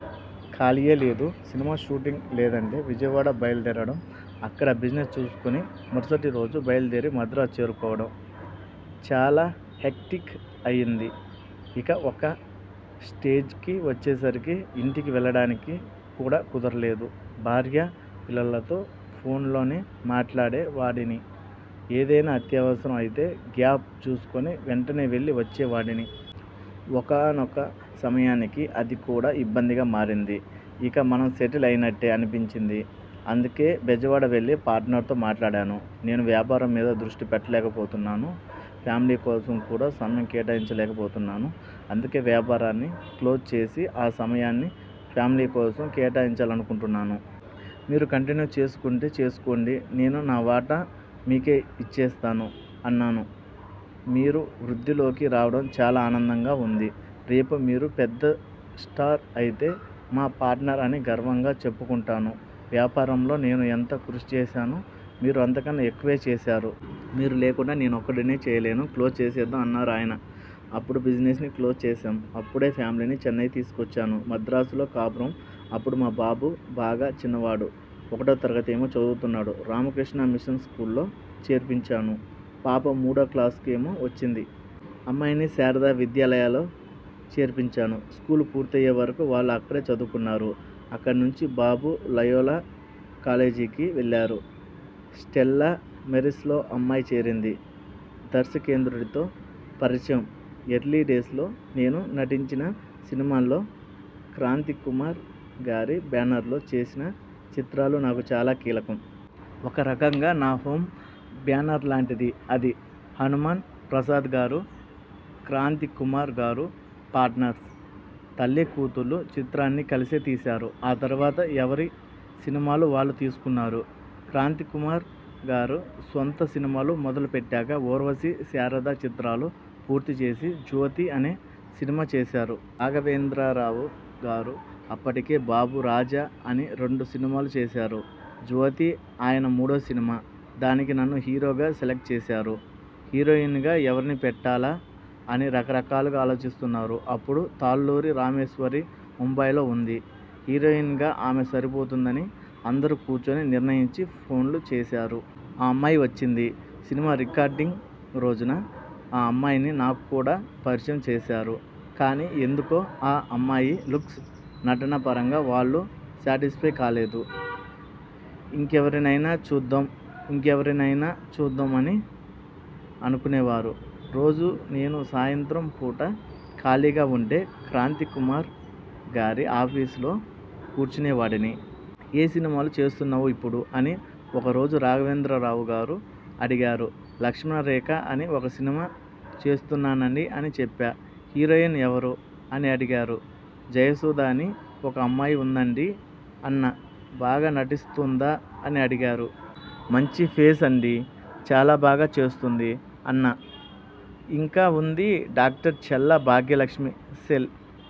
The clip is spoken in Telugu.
ఖాళీయే లేదు. సినిమా షూటింగ్ లేదంటే విజయవాడ బయలుదేరడం, అక్కడ బిజినెస్ చూసుకుని మరుసటిరోజు బయలుదేరి మద్రాసు చేరుకోవడం'. చాలా హెక్టిక్ అయింది ఇక ఒక స్టేజ్కి వచ్చే సరికి ఇంటికి వెళ్లడానికి కూడా కుదరలేదు. భార్యా పిల్లలతో ఫోన్లోనే మాట్లాడే వాడిని. ఏదైనా అత్యవసరం అయితే, గ్యాప్ చూసుకుని వెంటనే వెళ్లి వచ్చేవాడిని. ఒకానొక సమయానికి అది కూడా ఇబ్బందిగా మారింది. ''ఇక మనం సెటిల్ అయినట్టే'' అనిపించింది. అందుకే బెజవాడ వెళ్లి పార్ట్నర్తో మాట్లాడాను. ''నేను వ్యాపారం మీద దృష్టి పెట్టలేకపోతున్నాను. ఫ్యామిలీ కోసం కూడా సమయం కేటాయించలేక పోతున్నాను. అందుకే వ్యాపారాన్ని క్లోజ్ చేసి ఆ సమయాన్ని ఫ్యామిలీ కోసం కేటాయించాలనుకుంటున్నాను. మీరు కంటిన్యూ చేసుకుంటే చేసుకోండి. నేను నా వాటా మీకే ఇచ్చేస్తాను'' అన్నాను. 'మీరు వృద్ధిలోకి రావడం చాలా ఆనందంగా ఉంది. రేపు మీరు పెద్ద స్టార్ అయితే మా పార్ట్నర్ అని గర్వంగా చెప్పుకుంటాను. వ్యాపారంలో నేను ఎంత కృషి చేశానో, మీరు అంతకన్నా ఎక్కువే చేశారు. మీరు లేకుండా నేను ఒక్కడినే చేయలేను, క్లోజ్ చేసేద్దాం''అన్నారు ఆయన. అప్పుడు బిజినెస్ని క్లోజ్ చేశాం. అప్పుడే ఫ్యామిలీని చెన్నై తీసుకొచ్చాను. మద్రాసులో కాపురం అప్పుడు మా బాబు బాగా చిన్నవాడు. ఒకటో తరగతేమో చదువుతున్నాడు. రామకృష్ణా మిషన్ స్చూల్లో చేర్పించాను. పాప మూడో క్లాసుకేమో వచ్చింది. అమ్మాయిని శారదా విద్యాలయలో చేర్పించాను. స్కూలు పూర్తయ్యే వరకు వాళ్లు అక్కడే చదువుకున్నారు. అక్కడి నుంచి బాబు లయోలా కాలేజీకి వెళ్లారు. స్టెల్లా మేరీస్లో అమ్మాయి చేరింది. దర్శకేంద్రుడితో పరిచయం ఎర్లీ డేస్లో నేను నటించిన సినిమాల్లో క్రాంతికుమార్ గారి బ్యానర్లో చేసిన చిత్రాలు నాకు చాలా కీలకం. ఒక రకంగా నా హోమ్ బ్యానర్లాంటిది అది. హనుమాన్ ప్రసాద్ గారు, క్రాంతికుమార్ గారు పార్ట్నర్స్. 'తల్లీకూతుళ్లు' చిత్రాన్ని కలిసే తీశారు. ఆ తర్వాత ఎవరి సినిమాలు వాళ్లు తీసుకున్నారు. క్రాంతికుమార్ గారు సొంత సినిమాలు మొదలు పెట్టాక 'ఊర్వశి', 'శారద' చిత్రాలు పూర్తిచేసి, 'జ్యోతి' అనే సినిమా చేశారు. రాఘవేంద్రరావు గారు అప్పటికే 'బాబు', 'రాజా' అని రెండు సినిమాలు చేశారు. 'జ్యోతి' ఆయన మూడో సినిమా. దానికి నన్ను హీరోగా సెలక్ట్ చేశారు. హీరోయిన్గా ఎవరిని పెట్టాలా? అని రకరకాలుగా ఆలోచిస్తున్నారు.. అప్పుడు తాళ్లూరి రామేశ్వరి ముంబైలో ఉంది. హీరోయిన్గా ఆమె సరిపోతుందని అందరూ కూర్చుని నిర్ణయించి ఫోన్లు చేశారు. ఆ అమ్మాయి వచ్చింది. సినిమా రికార్డింగ్ రోజున ఆ అమ్మాయిని నాక్కూడా పరిచయం చేశారు. కానీ ఎందుకో ఆ అమ్మాయి లుక్స్, నటన పరంగా వాళ్లు శాటిస్ఫై కాలేదు. ఇంకెవరినైనా చూద్దాం, ఇంకెవరినైనా చూద్దాం అని అనుకునేవారు. రోజూ నేను సాయంత్రం పూట ఖాళీగా ఉంటే క్రాంతికుమార్ గారి ఆఫీసులో కూర్చునేవాడిని. 'ఏ సినిమాలు చేస్తున్నావు ఇప్పుడు' అని ఒక రోజు రాఘవేంద్రరావు గారు అడిగారు. 'లక్ష్మణ రేఖ' అని ఒక సినిమా చేస్తున్నానండీ'' అని చెప్పా. 'హీరోయిన్ ఎవరు? ' అని అడిగారు. ''జయసుధ అని ఒకమ్మాయి ఉందండీ'' అన్నా. 'బాగా నటిస్తోందా? ' అని అడిగారు. ''మంచి ఫేసు అండీ. చాలా బాగా చేస్తోంది'' అన్నా. ఇంకా ఉంది డాక్టర్ చల్లా భాగ్యలక్ష్మీ సెల్